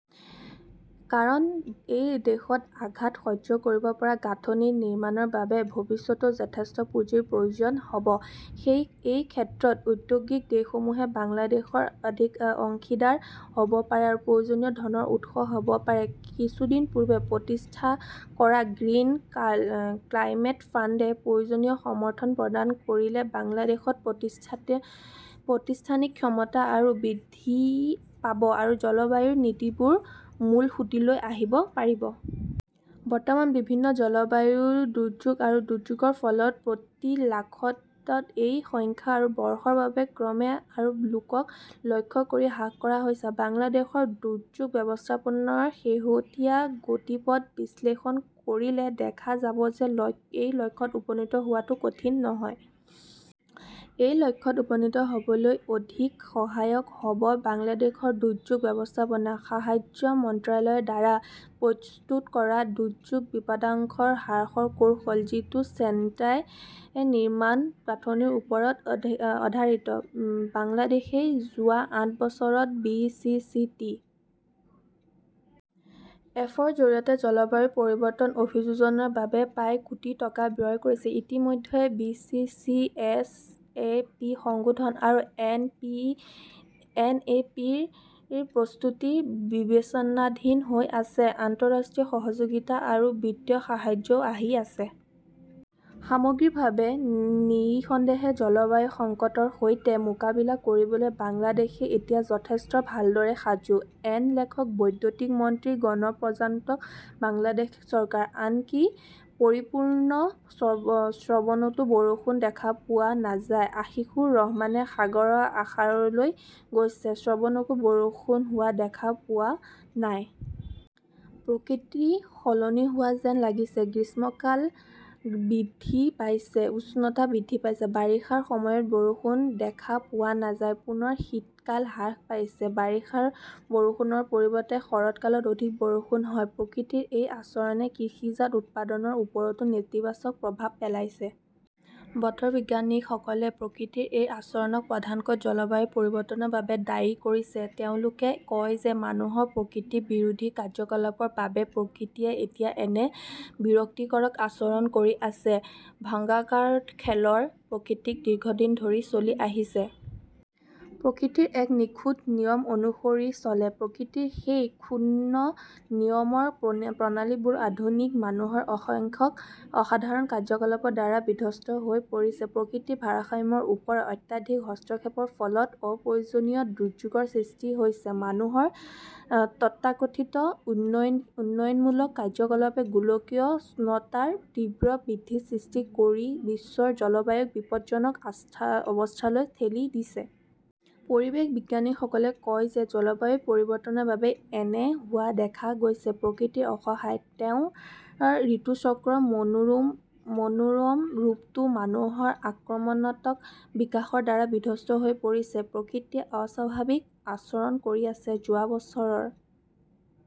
কাৰণ এই দেশত আঘাত সহ্য কৰিব পৰা গাঁথনি নিৰ্মাণৰ বাবে ভৱিষ্যতে যথেষ্ট পুঁজিৰ প্ৰয়োজন হ'ব। এই ক্ষেত্ৰত ঔদ্যোগিক দেশসমূহ বাংলাদেশৰ অংশীদাৰ হ'ব পাৰে আৰু প্ৰয়োজনীয় ধনৰ উৎস হ'ব পাৰে। কিছুদিন পূৰ্বে প্ৰতিষ্ঠা কৰা গ্ৰীণ ক্লাইমেট ফাণ্ডে প্ৰয়োজনীয় সমৰ্থন প্ৰদান কৰিলে বাংলাদেশত প্ৰতিষ্ঠানিক ক্ষমতা আৰু বৃদ্ধি পাব আৰু জলবায়ু নীতিবোৰ মূলসুঁতিলৈ আহিব পাৰিব। বৰ্তমান বিভিন্ন জলবায়ু দুৰ্যোগ আৰু দুৰ্যোগৰ ফলত প্ৰতি লাখত মএই সংখ্যা আৰু বৰ্ষৰ বাবে ক্ৰমে আৰু লোকক লক্ষ্য কৰি হ্ৰাস কৰা হৈছে। বাংলাদেশৰ দুৰ্যোগ ব্যৱস্থাপনাৰ শেহতীয়া গতিপথ বিশ্লেষণ কৰিলে দেখা যাব যে এই লক্ষ্যত উপনীত হোৱাটো কঠিন নহয়। এই লক্ষ্যত উপনীত হ'বলৈ অধিক সহায়ক হ'ব বাংলাদেশৰ দুৰ্যোগ ব্যৱস্থাপনা, সাহায্য মন্ত্ৰালয়ৰ দ্বাৰা প্ৰস্তুত কৰা দুৰ্যোগ বিপদাশংকা হ্ৰাসৰ কৌশল; যিটো ছেণ্ডাই নিৰ্মাণ গাঁথনিৰ ওপৰত আধাৰিত। বাংলাদেশই যোৱা আঠ বছৰত B. C. C. T. F. -ৰ জৰিয়তে জলবায়ু পৰিৱৰ্তন অভিযোজনৰ বাবে প্ৰায় কোটি টকা ব্যয় কৰিছে। ইতিমধ্যে B. C. C. S. A. P. সংশোধন আৰু এন. এ. পি. -ৰ প্ৰস্তুতি বিবেচনাধীন হৈ আছে। আন্তঃৰাষ্ট্ৰীয় সহযোগিতা আৰু বিত্তীয় সাহায্যও আহি আছে। সামগ্ৰিকভাৱে, নিঃসন্দেহে, জলবায়ু সংকটৰ সৈতে মোকাবিলা কৰিবলৈ বাংলাদেশ এতিয়া যথেষ্ট ভালদৰে সাজু। এন লেখকঃ বৈদেশিক মন্ত্ৰী, গণপ্ৰজাতন্ত্ৰ বাংলাদেশ চৰকাৰ। আনকি পৰিপূৰ্ণ শ্ৰবণতো বৰষুণ দেখা পোৱা নাযায়। আসিফুৰ ৰহমান সাগৰ আশৰলৈ গৈছে, শ্ৰবণতো বৰষুণ হোৱা দেখা পোৱা নাই। প্ৰকৃতি সলনি হোৱা যেন লাগিছে। গ্ৰীষ্মকাল বৃদ্ধি পাইছে, উষ্ণতা বৃদ্ধি পাইছে। বাৰিষাৰ সময়ত বৰষুণ দেখা পোৱা নাযায়। পুনৰ শীতকাল হ্ৰাস পাইছে। বাৰিষাৰ বৰষুণৰ পৰিৱৰ্তে শৰৎকালত অধিক বৰষুণ হয়। প্ৰকৃতিৰ এই আচৰণে কৃষিজাত উৎপাদনৰ ওপৰতো নেতিবাচক প্ৰভাৱ পেলাইছে। বতৰ বিজ্ঞানীসকলে প্ৰকৃতিৰ এই আচৰণক প্ৰধানকৈ জলবায়ু পৰিৱৰ্তনৰ বাবে দায়ী কৰিছে। তেওঁলোকে কয় যে মানুহৰ প্ৰকৃতি বিৰোধী কাৰ্যকলাপৰ বাবেই প্ৰকৃতিয়ে এতিয়া এনে বিৰক্তিকৰ আচৰণ কৰি আছে। ভংগাগাৰাৰ খেল প্ৰকৃতিত দীৰ্ঘদিন ধৰি চলি আহিছে। প্ৰকৃতি এক নিখুঁত নিয়ম অনুসৰি চলে। প্ৰকৃতিৰ সেই সূক্ষ্ম নিয়ম প্ৰণালীবোৰ আধুনিক মানুহৰ অসংখ্য অসাধাৰণ কাৰ্যকলাপৰ দ্বাৰা বিধ্বস্ত হৈ পৰিছে। প্ৰকৃতিৰ ভাৰসাম্যৰ ওপৰত অত্যাধিক হস্তক্ষেপৰ ফলত অপ্ৰয়োজনীয় দুৰ্যোগৰ সৃষ্টি হৈছে। মানুহৰ তথাকথিত উন্নয়নমূলক কাৰ্যকলাপে গোলকীয় উষ্ণতাৰ তীব্ৰ বৃদ্ধিৰ সৃষ্টি কৰি বিশ্বৰ জলবায়ুক বিপদজনক অৱস্থালৈ ঠেলি দিছে। পৰিৱেশ বিজ্ঞানীসকলে কয় যে জলবায়ু পৰিৱৰ্তনৰ বাবেই এনে হোৱা দেখা গৈছে। প্ৰকৃতি অসহায়। তেওঁৰ ঋতুচক্ৰৰ মনোৰম ৰূপটো মানুহৰ আক্ৰমণাত্মক বিকাশৰ দ্বাৰা বিধ্বস্ত হৈ পৰিছে। প্ৰকৃতিয়ে অস্বাভাৱিক আচৰণ কৰি আছে। যোৱা বছৰৰ